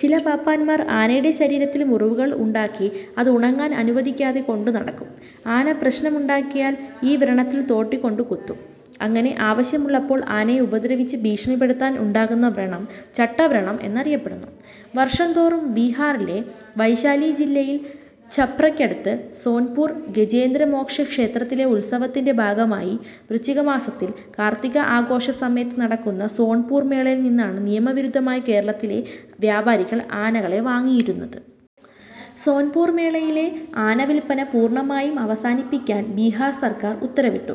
ചില പാപ്പാന്മാർ ആനയുടെ ശരീരത്തിൽ മുറിവുകൾ ഉണ്ടാക്കി അത് ഉണങ്ങാൻ അനുവദിക്കാതെ കൊണ്ടു നടക്കും. ആന പ്രശ്നം ഉണ്ടാക്കിയാൽ ഈ വ്രണത്തിൽതോട്ടികൊണ്ട് കുത്തും. അങ്ങനെ ആവശ്യമുള്ളപ്പോൾ ആനയെ ഉപദ്രവിച്ച് ഭീഷണിപ്പെടുത്താൻ ഉണ്ടാക്കുന്ന വ്രണം ചട്ടവ്രണം എന്ന് അറിയപ്പെടുന്നു. വർഷം തോറും ബിഹാറിലെ വൈശാലി ജില്ലയിൽ ഛപ്രയ്ക്കടുത്ത് സോൻപുർ ഗജേന്ദ്രമോക്ഷ ക്ഷേത്രത്തിലെ ഉത്സവത്തിൻ്റെ ഭാഗമായി വൃശ്ചികമാസത്തിൽ കാർത്തിക ആഘോഷ സമയത്ത് നടക്കുന്ന സോൻപൂർ മേളയിൽ നിന്നാണ് നിയമവിരുദ്ധമായി കേരളത്തിലെ വ്യാപാരികൾ ആനകളെ വാങ്ങിയിരുന്നത്. സോൻപുർ മേളയിലെ ആനവില്പന പൂർണ്ണമായും അവസാനിപ്പിക്കാൻ ബിഹാർ സർക്കാർ ഉത്തരവിട്ടു.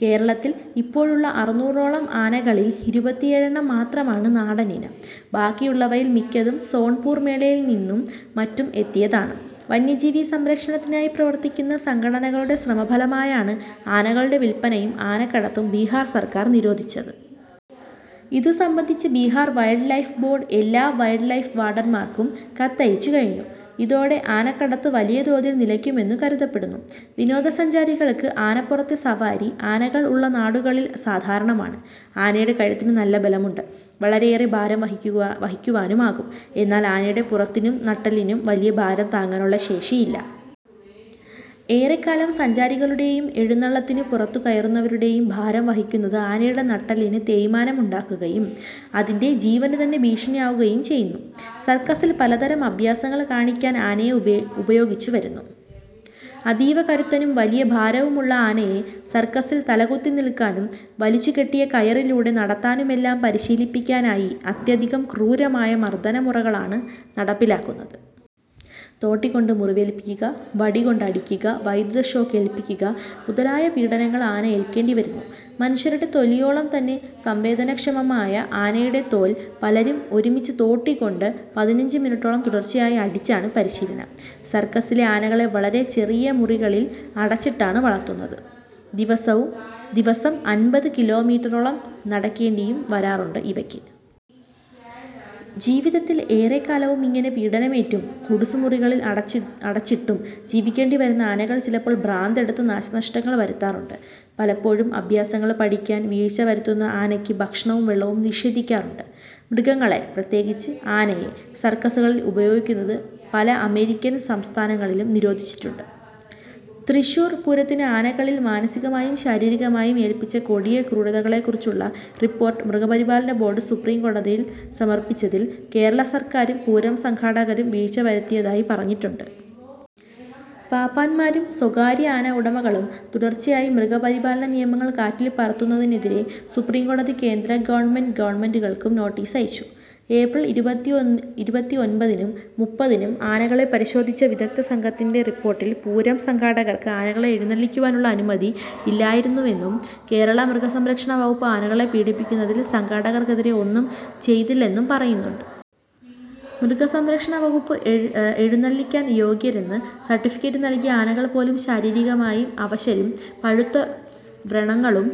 കേരളത്തിൽ ഇപ്പോഴുള്ള അറുന്നൂറോളം ആനകളിൽ ഇരുപത്തിഏഴെണ്ണം മാത്രമാണ് നാടൻ ഇനം. ബാക്കിയുള്ളവയിൽ മിക്കതും സോൻപുർ മേളയിൽനിന്നും മറ്റും എത്തിയതാണ്. വന്യജീവി സംരക്ഷണത്തിനായി പ്രവർത്തിക്കുന്ന സംഘടനകളുടെ ശ്രമഫലമായാണ് ആനകളുടെ വില്പനയും ആനക്കടത്തും ബിഹാർ സർക്കാർ നിരോധിച്ചത്. ഇതു സംബന്ധിച്ച് ബിഹാർ വൈൽഡ് ലൈഫ് ബോർഡ് എല്ലാ വൈൽഡ് ലൈഫ് വാർഡൻമാർക്കും കത്തയച്ചുകഴിഞ്ഞു. ഇതോടെ ആനക്കടത്ത് വലിയതോതിൽ നിലയ്ക്കുമെന്നു കരുതപ്പെടുന്നു. വിനോദസഞ്ചാരികൾക്ക് ആനപ്പുറത്തെ സവാരി ആനകൾ ഉള്ള നാടുകളിൽ സാധാരണമാണ്. ആനയുടെ കഴുത്തിനു നല്ല ബലമുണ്ട്, വളരെയേറെ ഭാരം വഹിക്കുവ വഹിക്കുവാനും ആകും, എന്നാൽ ആനയുടെ പുറത്തിനും നട്ടെല്ലിനും വലിയ ഭാരം താങ്ങാനുള്ള ശേഷിയില്ല. ഏറെക്കാലം സഞ്ചാരികളുടെയും എഴുന്നള്ളത്തിനു പുറത്തുകയറുന്നവരുടെയും ഭാരം വഹിക്കുന്നത് ആനയുടെ നട്ടെല്ലിന് തേയ്മാനം ഉണ്ടാക്കുകയും അതിൻ്റെ ജീവനുതന്നെ ഭീഷണി ആവുകയും ചെയ്യുന്നു. സർക്കസ്സിൽ പലതരം അഭ്യാസങ്ങൾ കാണിക്കാൻ ആനയെ ഉപ ഉപയോഗിച്ചുവരുന്നു. അതീവ കരുത്തനും വലിയ ഭാരവുമുള്ള ആനയെ സർക്കസ്സിൽ തലകുത്തിനിൽക്കാനും വലിച്ചുകെട്ടിയ കയറിലൂടെ നടത്താനുമെല്ലാം പരിശീലിപ്പിക്കാനായി അത്യധികം ക്രൂരമായ മർദ്ദനമുറകളാണ് നടപ്പിലാക്കുന്നത്. തോട്ടി കൊണ്ട് മുറിവേൽപ്പിക്കുക, വടികൊണ്ട് അടിക്കുക, വൈദ്യുത ഷോക്ക് ഏൽപ്പിക്കുക മുതലായ പീഡനങ്ങൾ ആന ഏൽക്കേണ്ടിവരുന്നു. മനുഷ്യരുടെ തൊലിയോളം തന്നെ സംവേദനക്ഷമമായ ആനയുടെ തോൽ പലരും ഒരുമിച്ച് തോട്ടികൊണ്ട് പതിനഞ്ച് മിനുട്ടോളം തുടർച്ചയായി അടിച്ചാണ് പരിശീലനം. സർക്കസ്സിലെ ആനകളെ വളരെ ചെറിയ മുറികളിൽ അടച്ചിട്ടാണ് വളർത്തുന്നത്, ദിവസവും ദിവസം അൻപത് കിലോമീറ്ററോളം നടക്കേണ്ടിയും വരാറുണ്ട് ഇവയ്ക്ക്. ജീവിത്തിൽ ഏറെക്കാലവും ഇങ്ങനെ പീഡനമേറ്റും കുടുസ്സുമുറികളിൽ അടച്ചി അടച്ചിട്ടും ജീവിക്കേണ്ടിവരുന്ന ആനകൾ ചിലപ്പോൾ ഭ്രാന്തെടുത്ത് നാശനഷ്ടങ്ങൾ വരുത്താറുണ്ട്. പലപ്പോഴും അഭ്യാസങ്ങൾ പഠിക്കാൻ വീഴ്ചവരുത്തുന്ന ആനയ്ക്ക് ഭക്ഷണവും വെള്ളവും നിഷേധിക്കാറുണ്ട്. മൃഗങ്ങളെ, പ്രത്യേകിച്ച് ആനയെ സർക്കസ്സുകളിൽ ഉപയോഗിക്കുന്നത് പല അമേരിക്കൻ സംസ്ഥാനങ്ങളിലും നിരോധിച്ചിട്ടുണ്ട്. തൃശൂർ പൂരത്തിന് ആനകളിൽ മാനസികമായും ശാരീരികമായും ഏൽപ്പിച്ച കൊടിയ ക്രൂരതകളെക്കുറിച്ചുള്ള റിപ്പോർട്ട് മൃഗപരിപാലന ബോഡ് സുപ്രീം കോടതിയിൽ സമർപ്പിച്ചതിൽ കേരളസർക്കാരും പൂരം സംഘാടകരും വീഴ്ച്ചവരുത്തിയതായി പറഞ്ഞിട്ടുണ്ട്. പാപ്പാന്മാരും സ്വകാര്യ ആന ഉടമകളും തുടർച്ചയായി മൃഗപരിപാലനനിയമങ്ങൾ കാറ്റിൽപ്പറത്തുന്നതിനെതിരെ സുപ്രീം കോടതി കേന്ദ്ര ഗവൺമെന്റ ഗവൺമെൻ്റുകൾക്കും നോട്ടീസ് അയച്ചു. ഏപ്രിൽ ഇരുപത്തിഒന്ന് ഇരുപത്തി ഒൻപതിനും മുപ്പതിനും ആനകളെ പരിശോധിച്ച വിദഗ്ദ്ധസംഘത്തിൻ്റെ റിപ്പോർട്ടിൽ പൂരം സംഘാടകർക്ക് ആനകളെ എഴുന്നള്ളിക്കാനുള്ള അനുമതി ഇല്ലായിരുന്നുവെന്നും കേരള മൃഗസംരക്ഷണവകുപ്പ് ആനകളെ പീഡിപ്പിക്കുന്നതിൽ സംഘാടകർക്കെതിരെ ഒന്നും ചെയ്തില്ലെന്നും പറയുന്നുണ്ട്. മൃഗസംരക്ഷണവകുപ്പ് എഴ് എഴുന്നള്ളിക്കാൻ യോഗ്യരെന്ന് സർട്ടിഫിക്കറ്റ് നൽകിയ ആനകൾ പോലും ശാരീരികമായി അവശരും പഴുത്ത വ്രണങ്ങളും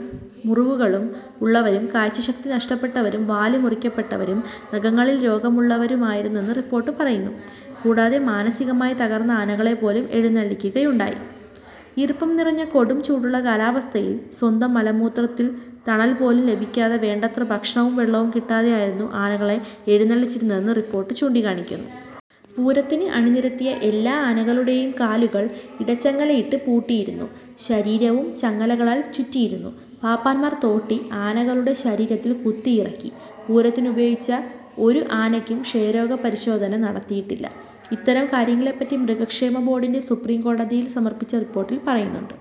മുറിവുകളും ഉള്ളവരും കാഴ്ചശക്തി നഷ്ടപ്പെട്ടവരും വാല് മുറിക്കപ്പെട്ടവരും നഖങ്ങളിൽ രോഗമുള്ളവരുമായിരുന്നെന്ന് റിപ്പോർട്ട് പറയുന്നു. കൂടാതെ മാനസികമായി തകർന്ന ആനകളെപ്പോലും എഴുന്നള്ളിക്കുകയുണ്ടായി. ഈർപ്പം നിറഞ്ഞ കൊടും ചൂടുള്ള കാലാവസ്ഥയിൽ സ്വന്തം മലമൂത്രത്തിൽ തണൽപോലും ലഭിക്കാതെ വേണ്ടത്ര ഭക്ഷണവും വെള്ളവും കിട്ടാതെ ആയിരുന്നു ആനകളെ എഴുന്നള്ളിച്ചിരുന്നതെന്ന് റിപ്പോർട്ട് ചൂണ്ടിക്കാണിക്കുന്നു. പൂരത്തിന് അണിനിരത്തിയ എല്ലാ ആനകളുടെയും കാലുകൾ ഇടച്ചങ്ങലയിട്ട് പൂട്ടിയിരുന്നു. ശരീരവും ചങ്ങലകളാൽ ചുറ്റിയിരുന്നു. പാപ്പാൻമാർ തോട്ടി ആനകളുടെ ശരീരത്തിൽ കുത്തിയിറക്കി. പൂരത്തിന് ഉപയോഗിച്ച ഒരു ആനയ്ക്കും ക്ഷയരോഗ പരിശോധന നടത്തിയിട്ടില്ല. ഇത്തരം കാര്യങ്ങളെപ്പറ്റി മൃഗക്ഷേമ ബോർഡിൻ്റെ സുപ്രീം കോടതിയിൽ സമർപ്പിച്ച റിപ്പോർട്ടിൽ പറയുന്നുണ്ട്.